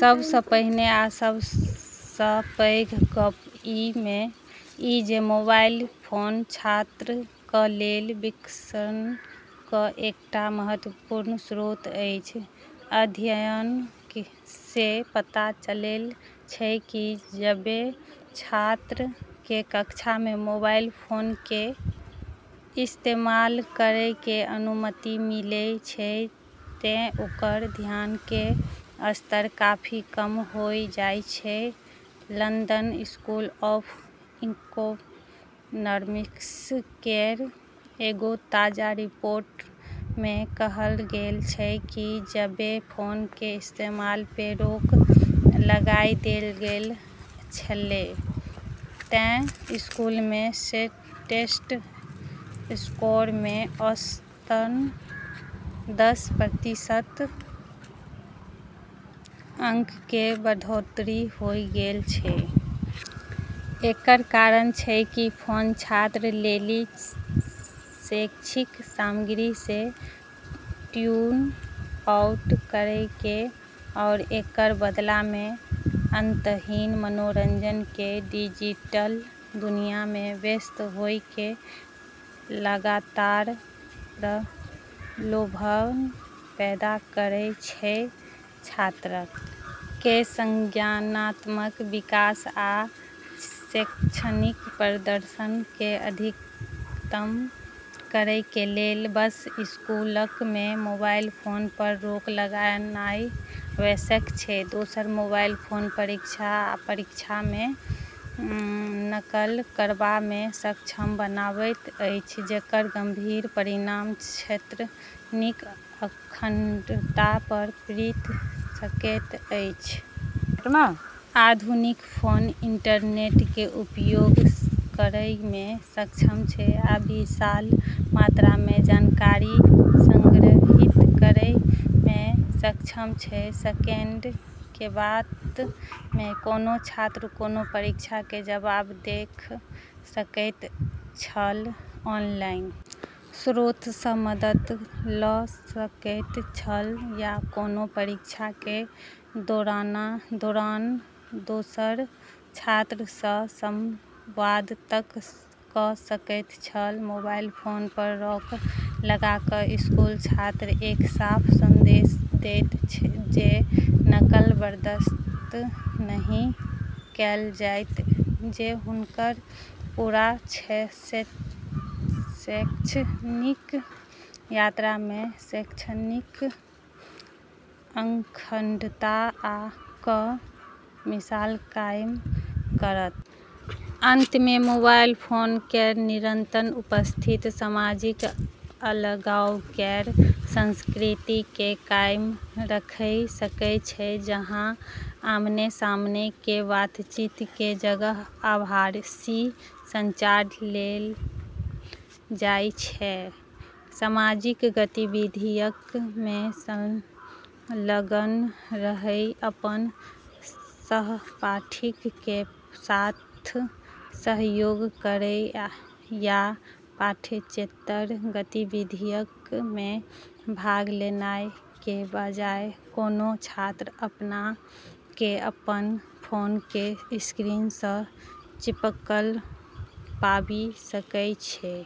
सबस पहिने आ सबस पैघ गप इ जे मोबाइल फोन छात्र क लेल विकर्षण क एकटा महत्वपूर्ण स्रोत अछि। अध्ययन से पता चललै छै कि जबे छात्रऽ के कक्षा मे मोबाइल फोन के इस्तेमाल करै के अनुमति मिलै छै ते ओकरऽ ध्यान के स्तर काफी कम होय जाय छै, लंदन स्कूल ऑफ इकोनॉमिक्स केरऽ एगो ताजा रिपोर्ट मे कहलऽ गेलऽ छै कि जबे फोन के इस्तेमाल पे रोक लगाय देलऽ गेलऽ छेलै ते स्कूलऽ मे टेस्ट स्कोर मे औसतन दस प्रतिशत अंक के बढ़ोत्तरी होय गेलऽ छै। एकरऽ कारण छै कि फोन छात्रऽ लेली शैक्षिक सामग्री से ट्यून आउट करै के आरू एकरऽ बदला मे अंतहीन मनोरंजन के डिजिटल दुनिया मे व्यस्त होय के लगातार प्रलोभन पैदा करै छै। छात्रक कें संज्ञानात्मक विकास आ शैक्षणिक प्रदर्शन कें अधिकतम करय कें लेल बस स्कूलक मे मोबाइल फोन पर रोक लगानाय आवश्यक छै, दोसर मोबाइल फोन परीक्षा आ परीक्षा मे नकल करबा मे सक्षम बनाबैत अछि जेकर गंभीर परिणाम शैक्षणिक अखंडता पर पड़ि सकैत अछि। आधुनिक फोन इंटरनेट कें उपयोग करय मे सक्षम छै आ विशाल मात्रा मे जानकारी संग्रहीत करय मे सक्षम छै, सेकेंड के बात में कोनो छात्र कोनो परीक्षा के जवाब देख सकैत छल, ऑनलाइन स्रोत सं मदद ल सकैत छल या कोनो परीक्षा के दौरान दोसर छात्र सं संवाद तक क सकैत छल, मोबाइल फोन पर रोक लगा क स्कूल छात्र कए साफ संदेश देत जे नकल बर्दाश्त नहि कैल जाएत जे हुनकर पूरा शैक्षणिक यात्रा मे शैक्षणिक अखंडता क मिसाल कायम करत। अंत में मोबाइल फोन केरऽ निरंतर उपस्थिति सामाजिक अलगाव केरऽ संस्कृति के कायम रखे सकै छै, जहां आमने-सामने के बातचीत के जगह आभासी संचार ले लेलऽ जाय छै। सामाजिक गतिविधियक मे संलग्न रहय अपन सहपाठीक कें साथ सहयोग करय या पाठ्येतर गतिविधियक मे भाग लेनाय कें बजाय, कोनों छात्र अपना कें अपन फोन कें स्क्रीन सं चिपकल पाबि सकय छै।